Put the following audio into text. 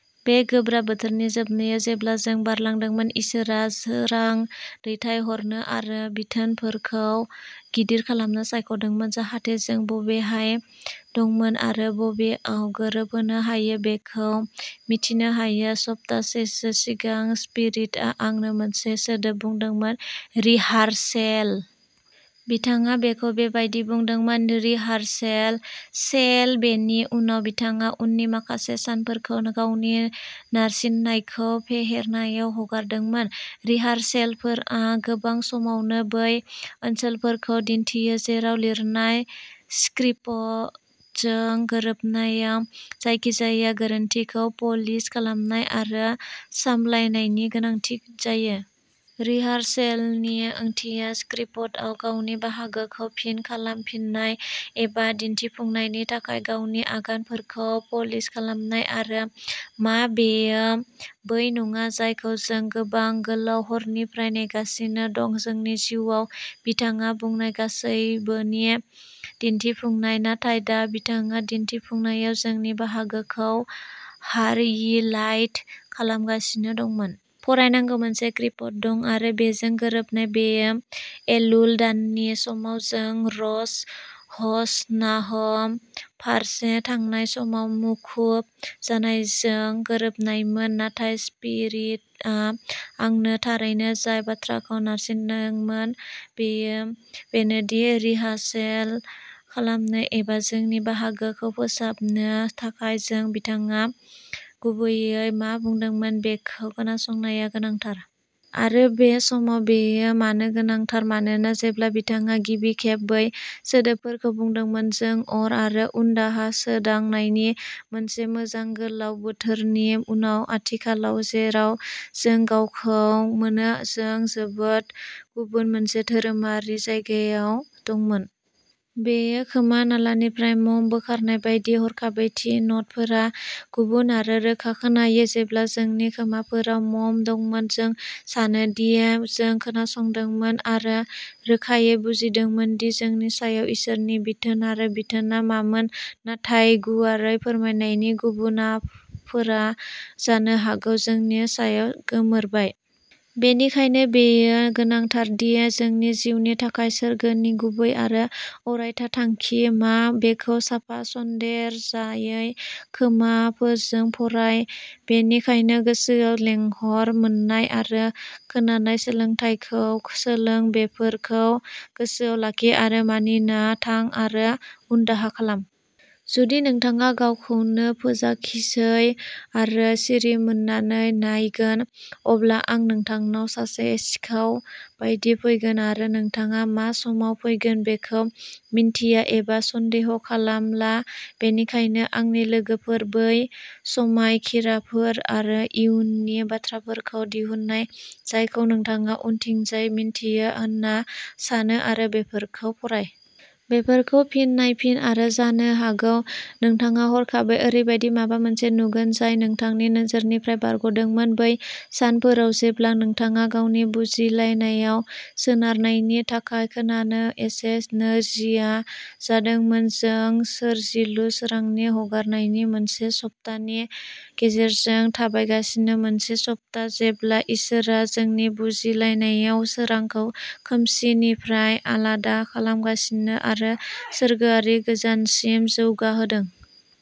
बे गोब्राब बोथोरनि जोबनायाव, जेब्ला जों बारलांदोंमोन, इसोरआ सोरां दैथायहरनो आरो बिथोनफोरखौ गिदिर खालामनो सायख'दोंमोन, जाहाथे जों बबेहाय दंमोन आरो बबेयाव गोरोबहोनो हायो बेखौ मिथिनो हायो! सप्तासेसो सिगां, स्पिरिटआ आंनो मोनसे सोदोब बुंदोंमोन, "रिहार्सेल।" बिथाङा बेखौ बेबायदि बुंदोंमोनः रिहार्सेल-सेल। बेनि उनाव बिथाङा उननि माखासे सानफोरखौ गावनि नारसिननायखौ फेहेरनायाव हगारदोंमोन। रिहार्सेलफोरा गोबां समावनो बै ओनसोलफोरखौ दिन्थियो, जेराव लिरनाय स्क्रिपजों गोरोबनायाव जायखिजाया गोरोन्थिखौ प'लिश खालामनाय आरो सामलायनायनि गोनांथि जायो। रिहार्सेलनि ओंथिया'स्क्रिप्टआव गावनि बाहागोखौ फिन खालामफिननाय एबा दिन्थिफुंनायनि थाखाय गावनि आगानफोरखौ प'लिश खालामनाय आरो मा बेयो बै नङा जायखौ जों गोबां गोलाव हरनिफ्राय नेगासिनो दं, जोंनि जिउआव बिथाङा बुंनाय गासैबोनि दिन्थिफुंनाय? नाथाय दा, बिथाङा दिन्थिफुंनायाव जोंनि बाहागोखौ हारिलाइट खालामगासिनो दंमोन। फरायनांगौ मोनसे स्क्रिप्ट दं। आरो बेजों गोरोबनाय। बेयो एलुल दाननि समाव जों र'श हशनाह फारसे थांनाय समाव मुखुब जानायजों गोरोबनायमोन। नाथाय स्पिरिटआ आंनो थारैनो जाय बाथ्राखौ नारसिनदोंमोन, बेयो बेनोदि रिहार्सेल खालामनो एबा जोंनि बाहागोखौ फोसाबनो थाखाय, जों बिथाङा गुबैयै मा बुंदोंमोन बेखौ खोनासंनाया गोनांथार। आरो बे समाव बेयो मानो गोनांथार? मानोना जेब्ला बिथाङा गिबि खेब बै सोदोबफोरखौ बुंदोंमोन, जों अर आरो उनदाहा सोदांनायनि मोनसे मोजां गोलाव बोथोरनि उनाव आथिखालाव जेराव जों गावखौ मोनो, जों जोबोद गुबुन मोनसे धोरोमारि जायगायाव दंमोन। बेयो खोमा नालानिफ्राय मम बोखारनाय बायदि। हरखाबै थि न'टफोरा गुबुन आरो रोखा खोनायो! जेब्ला जोंनि खोमाफोराव मम दंमोन, जों सानोदि जों खोनासंदोंमोन आरो रोखायै बुजिदोंमोन दि जोंनि सायाव इसोरनि बिथोन आरो बिथोनआ मामोन, नाथाय गुवारै फोरमायनायनि गुबुनाफोरा जानो हागौ जोंनि सायाव गोमोरबाय। बेनिखायनो बेयो गोनांथार दि जोंनि जिउनि थाखाय सोरगोनि गुबै आरो अरायथा थांखि मा बेखौ साफा, सन्देरजायै खोमाफोरजों फराय। बेनिखायनो गोसोआव लेंहर, मोन्नाय आरो खोनानाय सोलोंथायखौ सोलों; बेफोरखौ गोसोयाव लाखि आरो मानिना थां, आरो उनदाहा खालाम। जुदि नोंथाङा गावखौनो फोजाखिसै आरो सिरिमोननानै नायगोन, अब्ला आं नोंथांनाव सासे सिखाव बायदि फैगोन, आरो नोंथाङा मा समाव फैगोन बेखौ मिन्थिया एबा सन्देह खालामला। बेनिखायनो, आंनि लोगोफोर, बै समायखिराफोर आरो इयुननि बाथ्राफोरखौ दिहुननाय, जायखौ नोंथाङा उनथिंजाय मिन्थियो होनना सानो आरो बेफोरखौ फराय। बेफोरखौ फिन नायफिन आरो जानो हागौ नोंथाङा हरखाबै ओरैबायदि माबा मोनसे नुगोन जाय नोंथांनि नोजोरनिफ्राय बारग'दोंमोन बै सानफोराव जेब्ला नोंथाङा गावनि बुजिलायनायाव सोनारनायनि थाखाय खोनानो एसे नोरजिया जादोंमोन। जों सोरजिलु सोरांनि हगारनायनि मोनसे सप्तानि गेजेरजों थाबायगासिनो; मोनसे सप्ता जेब्ला इसोरआ जोंनि बुजिलायनायाव सोरांखौ खोमसिनिफ्राय आलादा खालामगासिनो आरो सोरगोआरि गोजानसिम जौगाहोदों।